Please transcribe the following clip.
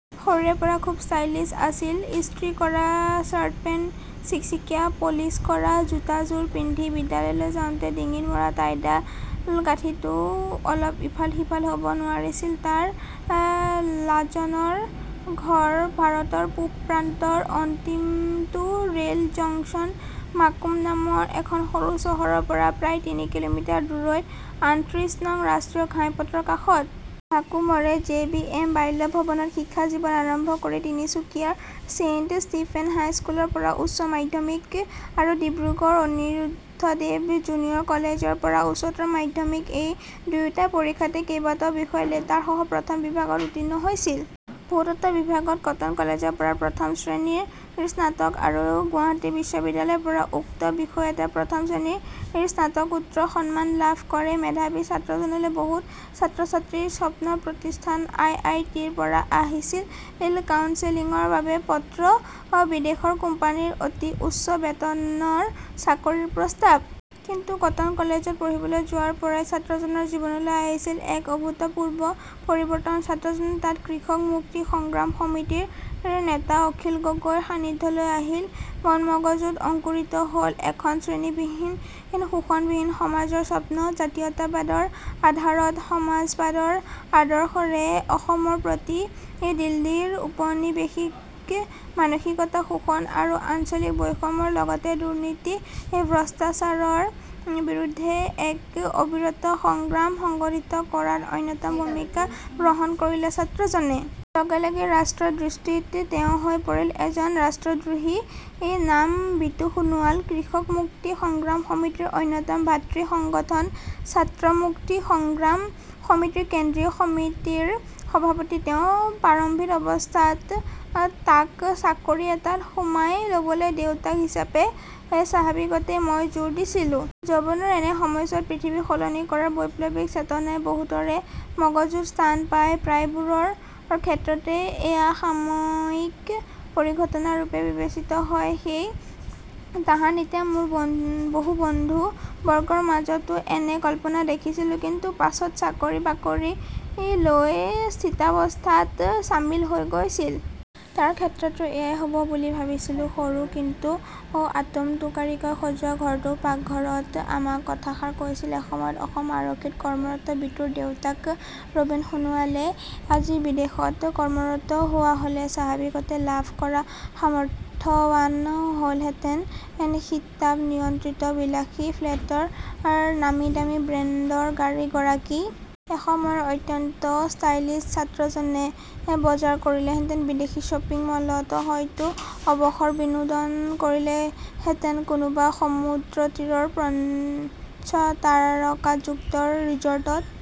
সৰুৰে পৰা খুব ষ্টাইলিচ্ আছিল। ইষ্ট্ৰি কৰা ছাৰ্টপেণ্ট চিকচিকিয়া পলিচ কৰা জোতাযোৰ পিন্ধি বিদ্যালয়লৈ যাওঁতে ডিঙিত মৰা টাইডাল গাঁঠিটোও অলপ ইফাল সিফাল হ'ব নোৱাৰিছিল তাৰ। লাজনৰ ঘৰ ভাৰতৰ পূব প্ৰান্তৰৰ অন্তিমটো ৰেল জংচন মাকুম নামৰ এখন সৰু চহৰৰ পৰা প্ৰায় তিনি কিঃ মিঃ দূৰৈৰ আঠত্ৰিশ নং ৰাষ্ট্ৰীয় ঘাইপথৰ কাষত। মাকুমৰে জে বি এম বাল্যভৱনত শিক্ষা জীৱন আৰম্ভ কৰি তিনিচুকীয়াৰ চেণ্ট ষ্টিফেন্স হাইস্কুলৰ পৰা উচ্চ মাধ্যমিক আৰু ডিব্ৰুগড়ৰ অনিৰুদ্ধদেৱ জুনিয়ৰ কলেজৰ পৰা উচ্চতৰ মাধ্যমিক এই দুয়োটা পৰীক্ষাতে কেইবাটাও বিষয়ত লেটাৰসহ প্ৰথম বিভাগত উত্তীৰ্ণ হৈছিল। ভূতত্ব বিভাগত কটন কলেজৰ পৰা প্ৰথম শ্ৰেণীৰ স্নাতক আৰু গুৱাহাটী বিশ্ববিদ্যালয়ৰ পৰা উক্ত বিষয়তে প্ৰথম শ্ৰেণীৰ স্নাতকোত্তৰ সন্মান লাভ কৰে। মেধাৱী ছাত্ৰজনলৈ বহু ছাত্ৰ-ছাত্ৰীৰ স্বপ্নৰ প্ৰতিষ্ঠান আই আই টিৰ পৰা আহিছিল কাউঞ্চেলিঙৰ বাবে পত্ৰ, বিদেশৰ কোম্পানীৰ অতি উচ্চ বেতনৰ চাকৰিৰ প্ৰস্তাৱ। কিন্তু কটন কলেজত পঢ়িবলৈ যোৱাৰ পৰাই ছাত্ৰজনৰ জীৱনলৈ আহিছিল এক অভূতপূৰ্ব পৰিৱৰ্তন। ছাত্ৰজনে তাত কৃষক মুক্তি সংগ্ৰাম সমিতিৰ নেতা অখিল গগৈৰ সান্নিধ্যলৈ আহিল। মন‌ মগজুত অংকুৰিত হ'ল এখন শ্ৰেণীবিহীন শোষণহীন সমাজৰ স্বপ্ন। জাতীয়তাবাদৰ আধাৰত সমাজবাদৰ আদৰ্শৰে অসমৰ প্ৰতি দিল্লীৰ উপনিৱেশিক মানসিকতা শোষণ আঞ্চলিক বৈষম্যৰ লগতে দুৰ্নীতি ভ্ৰষ্টাচাৰৰ বিৰুদ্ধে এক অবিৰত সংগ্ৰাম সংগঠিত কৰাত অন্যতম ভূমিকা গ্ৰহণ কৰিলে ছাত্ৰজনে। লগে লগে ৰাষ্ট্ৰৰ দৃষ্টিত তেওঁ হৈ পৰিল এজন ৰাষ্ট্ৰদ্ৰোহী। নাম বিতু সোণোৱাল। কৃষক মুক্তি সংগ্ৰাম সমিতিৰ অন্যতম ভাতৃ সংগঠন ছাত্ৰ মুক্তি সংগ্ৰাম সমিতিৰ কেন্দ্ৰীয় সমিতিৰ সভাপতি তেওঁ।‌ প্ৰাৰম্ভিক অৱস্থাত তাক চাকৰি এটাত সোমাই ল'বলৈ দেউতাক হিচাপে স্বাভাৱিকতেই মই জোৰ দিছিলো। যৌৱনৰ এনে সময়বোৰত পৃথিৱী সলনি কৰাৰ বৈপ্লৱিক চেতনাই বহুতৰে মগজুত স্থান পায়। প্ৰায়বোৰৰ ক্ষেত্ৰতেই এয়া সাময়িক পৰিঘটনা ৰূপে বিবেচিত হয়। সেই তাহানিতে মোৰ বহু বন্ধু বৰ্গৰ মাজতো এনে কল্পনা দেখিছিলো।‌ কিন্তু পাছত চাকৰি বাকৰি লৈ স্থিতাৱস্থাত চামিল হৈ গৈছিল। তাৰ ক্ষেত্ৰতো এয়াই হ'ব বুলি ভাবিছিলো। সৰু কিন্তু আটোমটোকাৰিকৈ সজোৱা ঘৰটোৰ পাকঘৰত আমাক কথাষাৰ কৈছিল এসময়ত অসম আৰক্ষীত কৰ্মৰত বিতুৰ দেউতাক ৰবীন সোণোৱালে। আজি বিদেশত কৰ্মৰত হোৱা হ'লে স্বাভাৱিকতে লাভ কৰাত সামৰ্থৱান হলহেঁতেন শীত-তাপ নিয়ন্ত্ৰিত বিলাসী ফ্লেটৰ নামী দামী ব্ৰেণ্ডৰ গাড়ীৰ গৰাকী। এসময়ৰ অত্যন্ত ষ্টাইলিচ্ ছাত্ৰজনে বজাৰ কৰিলেহেঁতেন বিদেশী শ্বপিং মলত। হয়তো অৱসৰবিনোদন কৰিলেহেঁতেন কোনোবা সমুদ্ৰতীৰৰ পঞ্চতাৰকাযুক্ত ৰিজৰ্টত।